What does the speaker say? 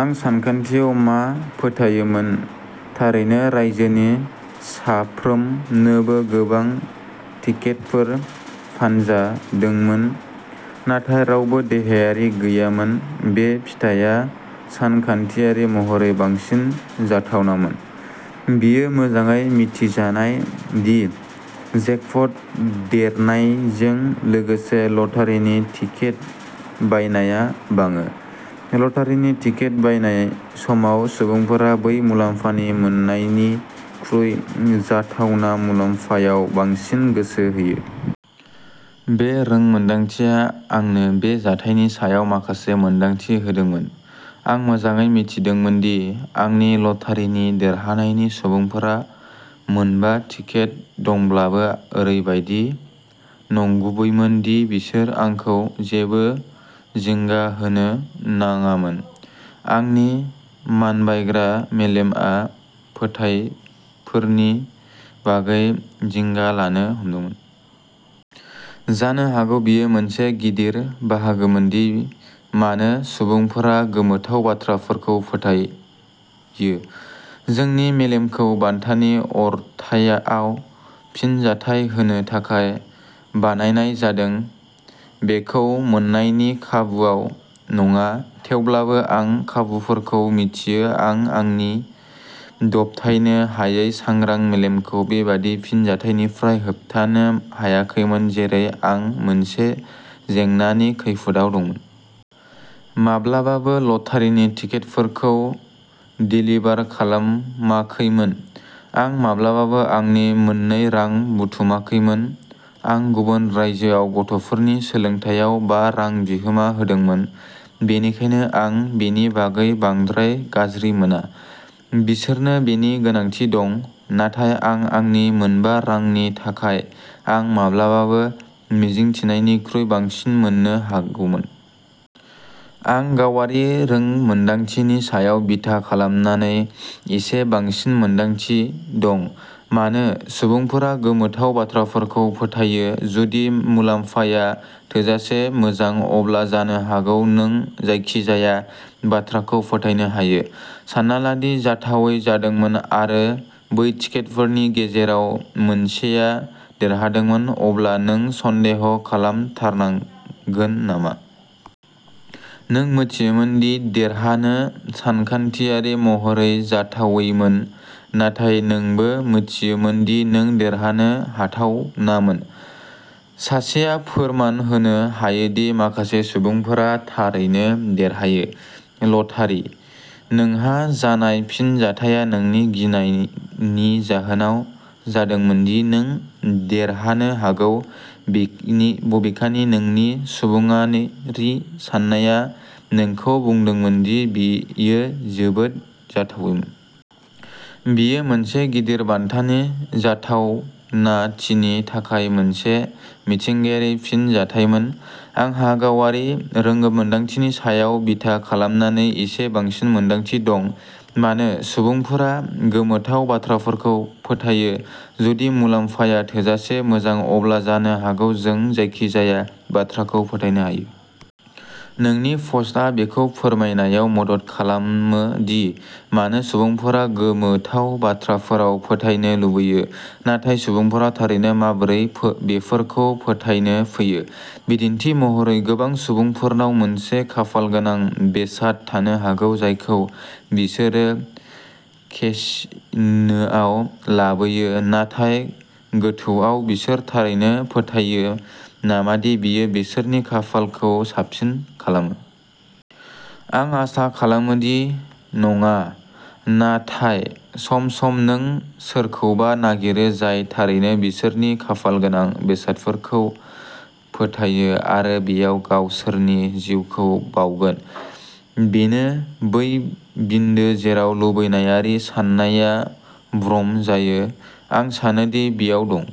आं सानखान्थियाव मा फोथायोमोन? थारैनो, रायजोनि साफ्रोमनोबो गोबां टिकेटफोर फानजादोंमोन, नाथाय रावबो देरहागिरि गैयामोन। बे फिथाया सानखान्थियारि महरै बांसिन जाथावनामोन। बेयो मोजाङै मिथिजानाय दि जेकप'ट देरनायजों लोगोसे ल'टारिनि टिकेट बायनाया बाङो। ल'टारिनि टिकेट बायनाय समाव, सुबुंफोरा बै मुलाम्फानि मोन्नायनिख्रुइ जाथावना मुलाम्फायाव बांसिन गोसो होयो। बे रोंमोनदांथिया आंनो बे जाथायनि सायाव माखासे मोनदांथि होदोंमोन। आं मोजाङै मिथिदोंमोन दि आंनि ल'टारिनि देरहानायनि खाबुफोरा मोनबा टिकेट दंब्लाबो ओरैबायदि नंगुबैमोन दि बिसोर आंखौ जेबो जिंगा होनो नाङामोन, आंनि मानबायग्रा मेलेमआ फिथायफोरनि बागै जिंगा लानो हमदोंमोन। जानो हागौ बेयो मोनसे गिदिर बाहागोमोन दि मानो सुबुंफोरा गोमोथाव बाथ्राफोरखौ फोथायो। जोंनि मेलेमखौ बान्थानि अरथाइआव फिनजाथाय होनो थाखाय बानायनाय जादों, बेखौ मोननायनि खाबुवाव नङा। थेवब्लाबो आं खाबुफोरखौ मिथियो, आं आंनि दबथायनो हायै सांग्रां मेलेमखौ बेबादि फिनजाथायनिफ्राय होबथानो हायाखैमोन जेरै आं मोनसे जेंनानि खैफोदआव दंमोन। आं माब्लाबाबो लटारिनि टिकेटफोरखौ देलिभार खालामाखैमोन। आं माब्लाबाबो आंनि मोन्नै रां बुथुमाखैमोन। आं गुबुन रायजोआव गथ'फोरनि सोलोंथायाव बा रां बिहोमा होदोंमोन, बेनिखायनो आं बेनि बागै बांद्राय गाज्रि मोना। बिसोरनो बेनि गोनांथि दं। नाथाय आं आंनि मोनबा रांनि थाखाय आं माब्लाबाबो मिजिंथिनायनिख्रुइ बांसिन मोन्नो हागौमोन। आं गावारि रोंमोनदांथिनि सायाव बिथा खालामनानै एसे बांसिन मोनदांथि दं, मानो सुबुंफोरा गोमोथाव बाथ्राफोरखौ फोथायो। जुदि मुलामफाया थोजासे मोजां, अब्ला जानो हागौ नों जायखिजाया बाथ्राखौ फोथायनो हायो। सानना ला दि जाथावै जादोंमोन आरो बै टिकेटफोरनि गेजेराव मोनसेया देरहादोंमोन, अब्ला नों सन्देह खालामथारगोन नामा? नों मिथियोमोन दि देरहानो सानखान्थियारि महरै जाथावैमोन नाथाय नोंबो मिथियोमोन दि नों देरहानो हाथावनामोन। सासेया फोरमान होनो हायोदि माखासे सुबुंफोरा थारैनो देरहायो। ल'टारी। नोंहा जानाय फिनजाथाया नोंनि गियाननि जाहोनाव जादोंमोन दि नों देरहानो हागौ, बिनि बबेखानि नोंनि सुबुङारि साननाया नोंखौ बुंदोंमोन दि बेयो जोबोद जाथावैमोन। बेयो मोनसे गिदिर बान्थानि जाथावनाथिनि थाखाय मोनसे मिथिंगायारि फिनजाथायमोन। आंहा गावारि रोंमोन्दांथिनि सायाव बिथा खालामनानै एसे बांसिन मोनदांथि दं, मानो सुबुंफोरा गोमोथाव बाथ्राफोरखौ फोथायो। जुदि मुलामफाया थोजासे मोजां, अब्ला जानो हागौ जों जायखिजाया बाथ्राखौ फोथायनो हायो। नोंनि पस्टआ बेखौ फोरमायनायाव मदद खालामो दि मानो सुबुंफोरा गोमोथाव बाथ्राफोराव फोथायनो लुबैयो, नाथाय सुबुंफोरा थारैनो माबोरै फो बेफोरखौ फोथायनो फैयो? बिदिन्थि महरै, गोबां सुबुंफोरनाव मोनसे "खाफालगोनां" बेसाद थानो हागौ जायखौ बिसोरो केसिनोआव लाबोयो, नाथाय गोथौआव बिसोर थारैनो फोथायो नामा दि बेयो बिसोरनि खाफालखौ साबसिन खालामो? आं आसा खालामो दि नङा। नाथाय सम-सम नों सोरखौबा नागिरो जाय थारैनो बिसोरनि खाफालगोनां बेसादखौ फोथायो आरो बेयाव गावसोरनि जिउखौ बावगोन। बेनो बै बिन्दो जेराव लुबैनायारि साननाया भ्रम जायो। आं सानो दि बेयाव दं।